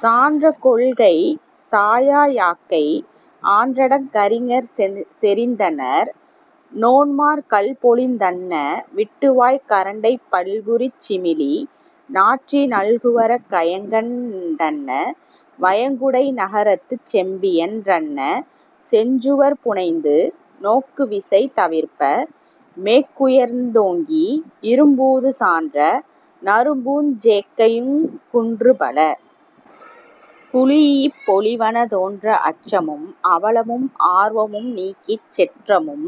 சான்ற கொள்கைச் சாயா யாக்கை ஆன்றடங் கறிஞர் செறிந்தனர் நோன்மார் கல்பொளிந் தன்ன விட்டுவாய்க் கரண்டைப் பல்புரிச் சிமிலி நாற்றி நல்குவரக் கயங்கண் டன்ன வயங்குடை நகரத்துச் செம்பியன் றன்ன செஞ்சுவர் புனைந்து நோக்குவிசை தவிர்ப்ப மேக்குயர்ந் தோங்கி இறும்பூது சான்ற நறும்பூஞ் சேக்கையுங் குன்றுபல குழீஇப் பொலிவன தோன்ற அச்சமும் அவலமும் ஆர்வமு நீக்கிச் செற்றமும்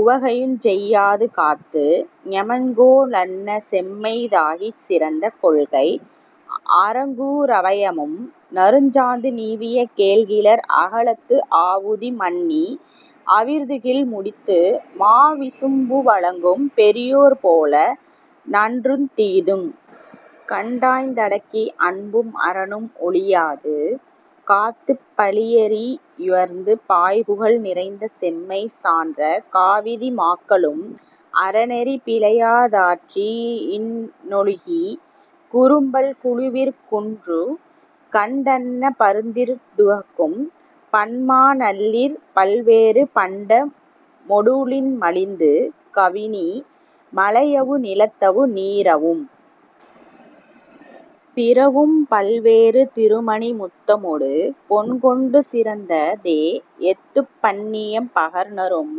உவகையுஞ் செய்யாது காத்து ஞெமன்கோ லன்ன செம்மைத் தாகிச் சிறந்த கொள்கை அறங்கூ றவையமும் நறுஞ்சாந்து நீவிய கேழ்கிளர் அகலத்து ஆவுதி மண்ணி அவிர்துகில் முடித்து மாவிசும்பு வழங்கும் பெரியோர் போல நன்றுந் தீதுங் கண்டாய்ந் தடக்கி அன்பும் அறனும் ஒழியாது காத்துப் பழியரீஇ யுயர்ந்து பாய்புகழ் நிறைந்த செம்மை சான்ற காவிதி மாக்களும் அறநெறி பிழையா தாற்றி னொழுகி குறும்பல் குழுவிற் குன்றுகண் டன்ன பருந்திருந் துகக்கும் பன்மா ணல்லிற் பல்வேறு பண்டமொ டூண்மலிந்து கவினி மலையவு நிலத்தவு நீரவும் பிறவும் பல்வேறு திருமணி முத்தமொடு பொன்கொண்டு சிறந்த தேஎத்துப் பண்ணியம் பகர்நரும்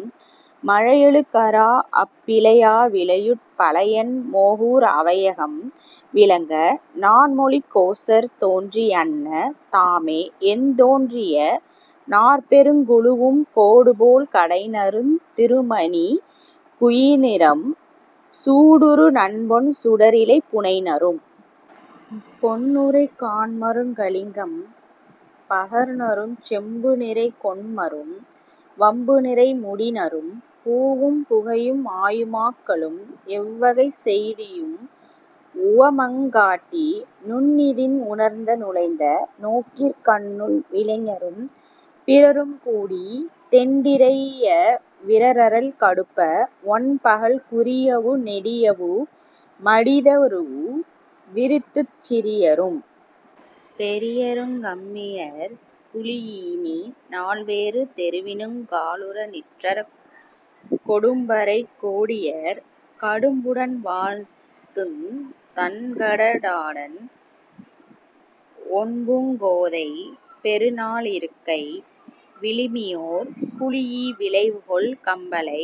மழையழுக் கறாஅப் பிழையா விளையுட் பழையன் மோகூர் அவையகம் விளங்க நான்மொழிக் கோசர் தோன்றி யன்ன தாமேஎந் தோன்றிய நாற்பெருங் குழுவும் கோடுபோழ் கடைநருந் திருமணி குயினரும் சூடுறு நன்பொன் சுடரிழை புனைநரும் பொன்னுரை காண்மருங் கலிங்கம் பகர்நரும் செம்புநிறை கொண்மரும் வம்புநிறை முடிநரும் பூவும் புகையும் ஆயு மாக்களும் எவ்வகைச் செய்தியும் உவமங் காட்டி நுண்ணிதின் உணர்ந்த நுழைந்த நோக்கிற் கண்ணுள் வினைஞரும் பிறரும் கூடித் தெண்டிரை யவிரறல் கடுப்ப வொண்பகல் குறியவு நெடியவு மடிதரூஉ விரித்துச் சிறியரும் பெரியருங் கம்மியர் குழீஇ நால்வேறு தெருவினுங் காலுற நிற்றரக் கொடும்பறைக் கோடியர் கடும்புடன் வாழ்த்துந் தண்கட னாடன் ஒண்பூங் கோதை பெருநா ளிருக்கை விழுமியோர் குழீஇ விழைவுகொள் கம்பலை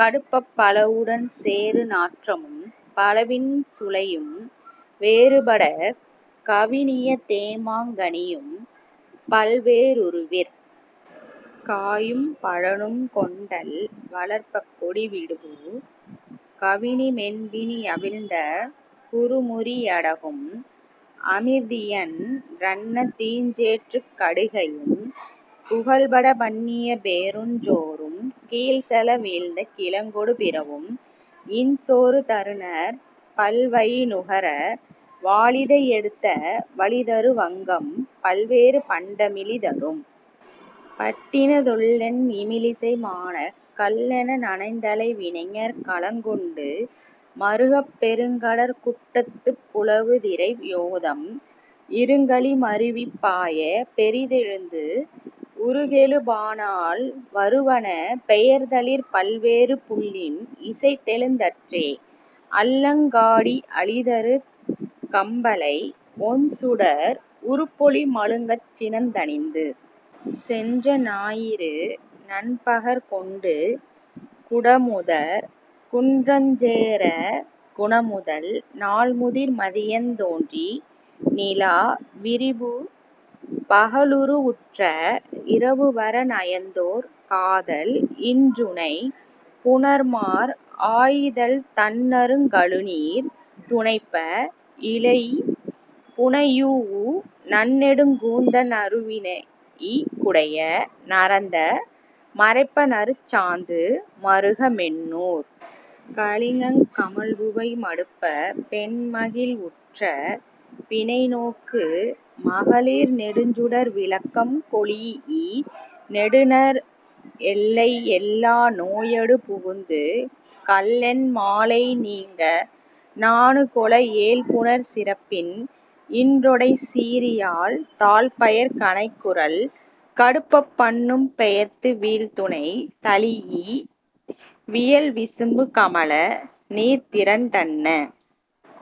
கடுப்பப் பலவுடன் சேறு நாற்றமும் பலவின் சுளையும் வேறுபடக் கவினிய தேமாங் கனியும் பல்வே றுருவிற் காயும் பழனும் கொண்டல் வளர்ப்பக் கொடிவிடுபு கவினி மென்பிணி யவிழ்ந்த குறுமுறி யடகும் அமிர்தியன் றன்ன தீஞ்சேற்றுக் கடிகையும் புகழ்படப் பண்ணிய பேரூன் சோறும் கீழ்செல வீழ்ந்த கிழங்கொடு பிறவும் இன்சோறு தருநர் பல்வயி னுகர வாலிதை எடுத்த வளிதரு வங்கம் பல்வேறு பண்ட மிழிதரும் பட்டினத் தொல்லென் இமிழிசை மானக் கல்லென நனந்தலை வினைஞர் கலங்கொண்டு மறுகப் பெருங்கடற் குட்டத்துப் புலவுத்திரை யோதம் இருங்கழி மருவிப் பாயப் பெரிதெழுந்து உருகெழு பானாள் வருவன பெயர்தலிற் பல்வேறு புள்ளின் இசையெழுந் தற்றே அல்லங் காடி அழிதரு கம்பலை ஒண்சுடர் உருப்பொளி மழுங்கச் சினந்தணிந்து சென்ற ஞாயிறு நன்பகற் கொண்டு குடமுதற் குன்றஞ் சேரக் குணமுதல் நாள்முதிர் மதியந் தோன்றி நிலாவிரிபு பகலுரு வுற்ற இரவுவர நயந்தோர் காதல் இன்றுணை புணர்மார் ஆயிதழ்த் தண்ணறுங் கழுநீர் துணைப்ப இழைபுனையூஉ நன்னெடுங் கூந்த னறுவிரை குடைய நரந்த மரைப்ப நறுஞ்சாந்து மறுக மென்னூற் கலிங்கங் கமழ்புகை மடுப்பப் பெண்மகிழ் வுற்ற பிணைநோக்கு மகளிர் நெடுஞ்சுடர் விளக்கம் கொளீஇ நெடுநர் எல்லை எல்லா நோயடு புகுந்து கல்லென் மாலை நீங்க நாணுக்கொள ஏழ்புணர் சிறப்பின் இன்றொடைச் சீறியாழ் தாழ்பயற் கனைகுரல் கடுப்பப் பண்ணுப்பெயர்த்து வீழ்துணை தழீஇ வியல்விசும்பு கமழ நீர்திரண் டன்ன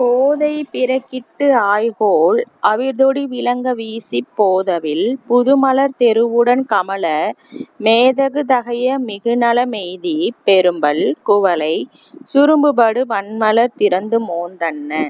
கோதை பிறக்கிட்டு ஆய்கோல் அவிர்தொடி விளங்க வீசிப் போதவிழ் புதுமலர் தெருவுடன் கமழ மேதகு தகைய மிகுநல மெய்திப் பெரும்பல் குவளைச் சுரும்புபடு பன்மலர் திறந்துமோந் தன்ன